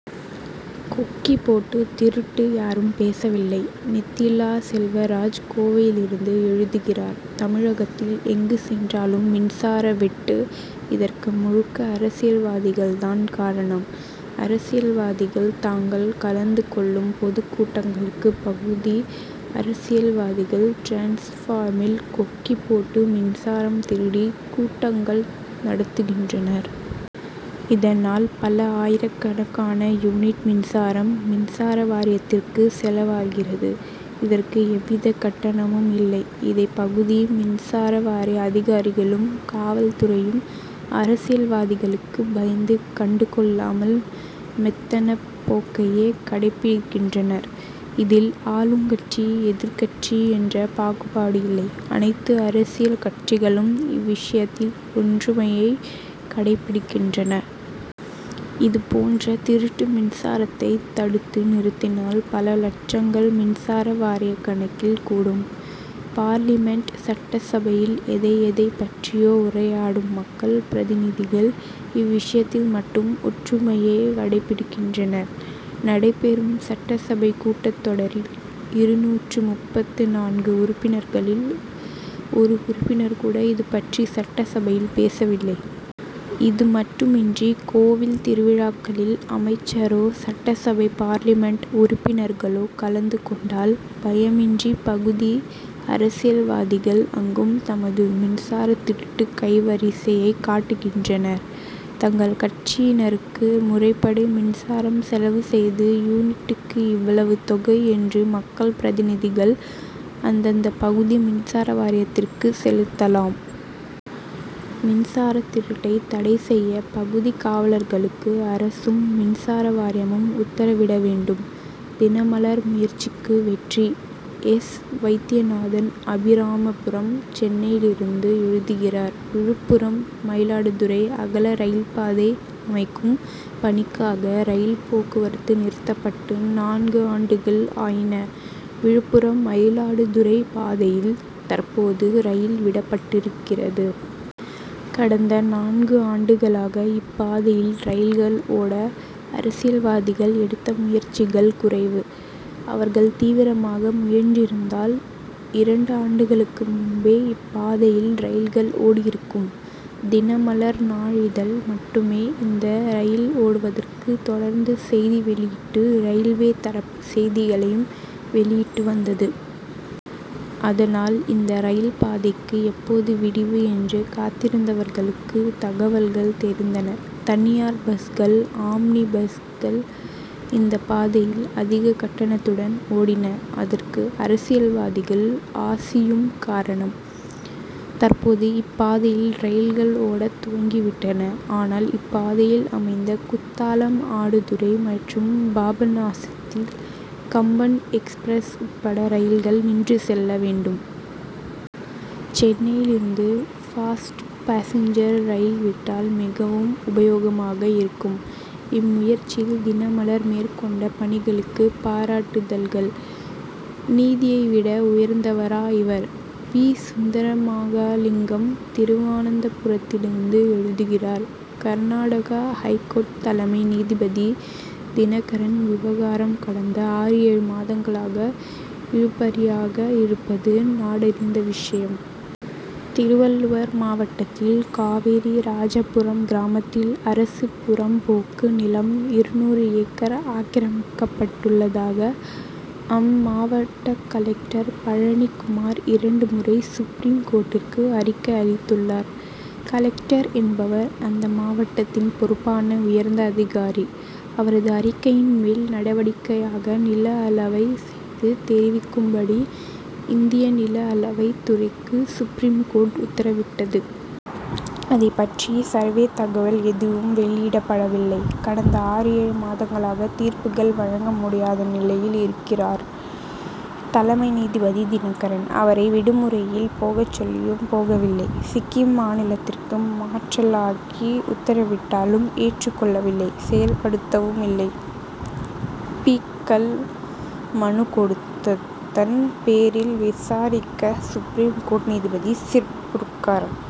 கொக்கி போட்டு திருட்டு யாரும் பேசவில்லை! நித்திலா செல்வராஜ் கோவையிலிருந்து எழுதுகிறார் தமிழகத்தில் எங்கு சென்றாலும் மின்சார வெட்டு இதற்கு முழுக்க அரசியல்வாதிகள் தான் காரணம். அரசியல்வாதிகள் தாங்கள் கலந்து கொள்ளும் பொதுக் கூட்டங்களுக்கு பகுதி அரசியல்வாதிகள் டிரான்ஸ்பார்மில் கொக்கி போட்டு மின்சாரம் திருடி கூட்டங்கள் நடத்துகின்றனர். இதனால் பல ஆயிரக்கணக்கான யூனிட் மின்சாரம் மின்சார வாரியத்திற்கு செலவாகிறது இதற்கு எவ்வித கட்டணமும் இல்லை. இதை பகுதி மின்சார வாரிய அதிகாரிகளும் காவல் துறையும் அரசியல்வாதிகளுக்கு பயந்து கண்டு கொள்ளாமல் மெத்தன போக்கையே கடைபிடிக்கின்றனர். இதில் ஆளுங்கட்சி எதிர்க்கட்சி என்ற பாகுபாடு இல்லை. அனைத்து அரசியல் கட்சிகளும் இவ்விஷயத்தில் ஒந்றுமையை கடைபிடிக்கின்றன. இதுபோன்ற திருட்டு மின்சாரத்தை தடுத்து நிறுத்தினால் பல லட்சங்கள் மின்சார வாரிய கணக்கில் கூடும். பார்லிமென்ட் சட்டசபையில் எதை எதைப் பற்றியோ உரையாடும் மக்கள் பிரதிநிதிகள் இவ்விஷயத்தில் மட்டும் ஒற்றுமையையே கடைபிடிக்கின்றனர். நடைபெறும் சட்டசபை கூட்டத் தொடரில் இருநூற்று முப்பத்து நான்கு உறுப்பினர்களில் ஒரு உறுப்பினர் கூட இதுபற்றி சட்டசபையில் பேசவில்லை. இதுமட்டுமின்றி கோவில் திருவிழாக்களில் அமைச்சரோ சட்டசபை பார்லிமென்ட் உறுப்பினர்களோ கலந்து கொண்டால் பயமின்றி பகுதி அரசியல்வாதிகள் அங்கும் தமது மின்சார திருட்டு கைவரிசையை காட்டுகின்றனர். தங்கள் கட்சியினருக்கு முறைபடி மின்சாரம் செலவு செய்து யூனிட்டுக்கு இவ்வளவு தொகை என்று மக்கள் பிரதிநிதிகள் அந்தந்த பகுதி மின்சார வாரியத்திற்கு செலுத்தலாம். மின்சார திருட்டை தடை செய்ய பகுதி காவலர்களுக்கு அரசும் மின்சார வாரியமும் உத்தரவிட வேண்டும். தினமலர் முயற்சிக்கு வெற்றி! எஸ். வைத்தியநாதன் அபிராமபுரம் சென்னையிலிருந்து எழுதுகிறார் விழுப்புரம் மயிலாடுதுறை அகல ரயில்பாதை அமைக்கும் பணிக்காக ரயில் போக்குவரத்து நிறுத்தப்பட்டு நான்கு ஆண்டுகள் ஆயின. விழுப்புரம் மயிலாடுதுறை பாதையில் தற்போது ரயில் விடப்பட்டிருக்கிறது. கடந்த நான்கு ஆண்டுகளாக இப்பாதையில் ரயில்கள் ஓட அரசியல்வாதிகள் எடுத்த முயற்சிகள் குறைவு. அவர்கள் தீவிரமாக முயன்றிருந்தால் இரண்டு ஆண்டுகளுக்கு முன்பே இப்பாதையில் ரயில்கள் ஓடியிருக்கும். தினமலர் நாளிதழ் மட்டுமே இந்த ரயில் ஓடுவதற்கு தொடர்ந்து செய்தி வெளியிட்டு ரயில்வே தரப்பு செய்திகளையும் வெளியிட்டு வந்தது. அதனால் இந்த ரயில் பாதைக்கு எப்போது விடிவு என்று காத்திருந்தவர்களுக்கு தகவல்கள் தெரிந்தன. தனியார் பஸ்கள் ஆம்னி பஸ்கள் இந்தப் பாதையில் அதிக கட்டணத்துடன் ஓடின அதற்கு அரசியல்வாதிகள் ஆசியும் காரணம். தற்போது இப்பாதையில் ரயில்கள் ஓடத் துவங்கி விட்டன. ஆனால் இப்பாதையில் அமைந்த குத்தாலம் ஆடுதுறை மற்றும் பாபநாசத்தில் கம்பன் எக்ஸ்பிரஸ் உட்பட ரயில்கள் நின்று செல்ல வேண்டும். சென்னையில் இருந்து பாஸ்ட் பாசஞ்சர் ரயில் விட்டால் மிகவும் உபயோகமாக இருக்கும். இம்முயற்சியில் தினமலர்மேற்கொண்ட பணிகளுக்கு பாராட்டு தல்கள். நீதியை விட உயர்ந்தவரா இவர்? வீ. சுந்தரமகாலிங்கம் திருவானந்தபுரத்திலிருந்து எழுதுகிறார் கர்நாடகா ஐகோர்ட் தலைமை நீதிபதி தினகரன் விவகாரம் கடந்த ஆறு ஏழு மாதங்களாக இழுபறியாக இருப்பது நாடறிந்த விஷயம். திருவள்ளூர் மாவட்டத்தில் காவேரி ராஜபுரம் கிராமத்தில் அரசு புறம்போக்கு நிலம் இருநூறு ஏக்கர் ஆக்கிரமிக்கப்பட்டுள்ளதாக அம் மாவட்ட கலெக்டர் பழனிக் குமார் இரண்டு முறை சுப்ரீம் கோர்ட்டிற்கு அறிக்கை அளித்துள்ளார். கலெக்டர் என்பவர் அந்த மாவட்டத்தின் பொறுப்பான உயர்ந்த அதிகாரி. அவரது அறிக்கையின் மேல் நடவடிக்கையாக நில அளவை செய்து தெரிவிக்கும்படி இந்திய நில அளவைத் துறைக்கு சுப்ரீம் கோர்ட் உத்தரவிட்டது. அதைப் பற்றி சர்வே தகவல் எதுவும் வெளியிடப்படவில்லை. கடந்த ஆறு ஏழு மாதங்களாக தீர்ப்புகள் வழங்க முடியாத நிலையில் இருக்கிறார் தலைமை நீதிபதி தினகரன். அவரை விடுமுறையில் போகச் சொல்லியும் போகவில்லை. சிக்கிம் மாநிலத்திற்கு மாற்றலாகி உத்தரவிட்டாலும் ஏற்றுக் கொள்ளவில்லை செயல்படுத்தவும் இல்லை. பி.க்கள் மனு கொடுத்ததன் பேரில் விசாரிக்க சுப்ரீம் கோர்ட் நீதிபதி சிர்புர்கர்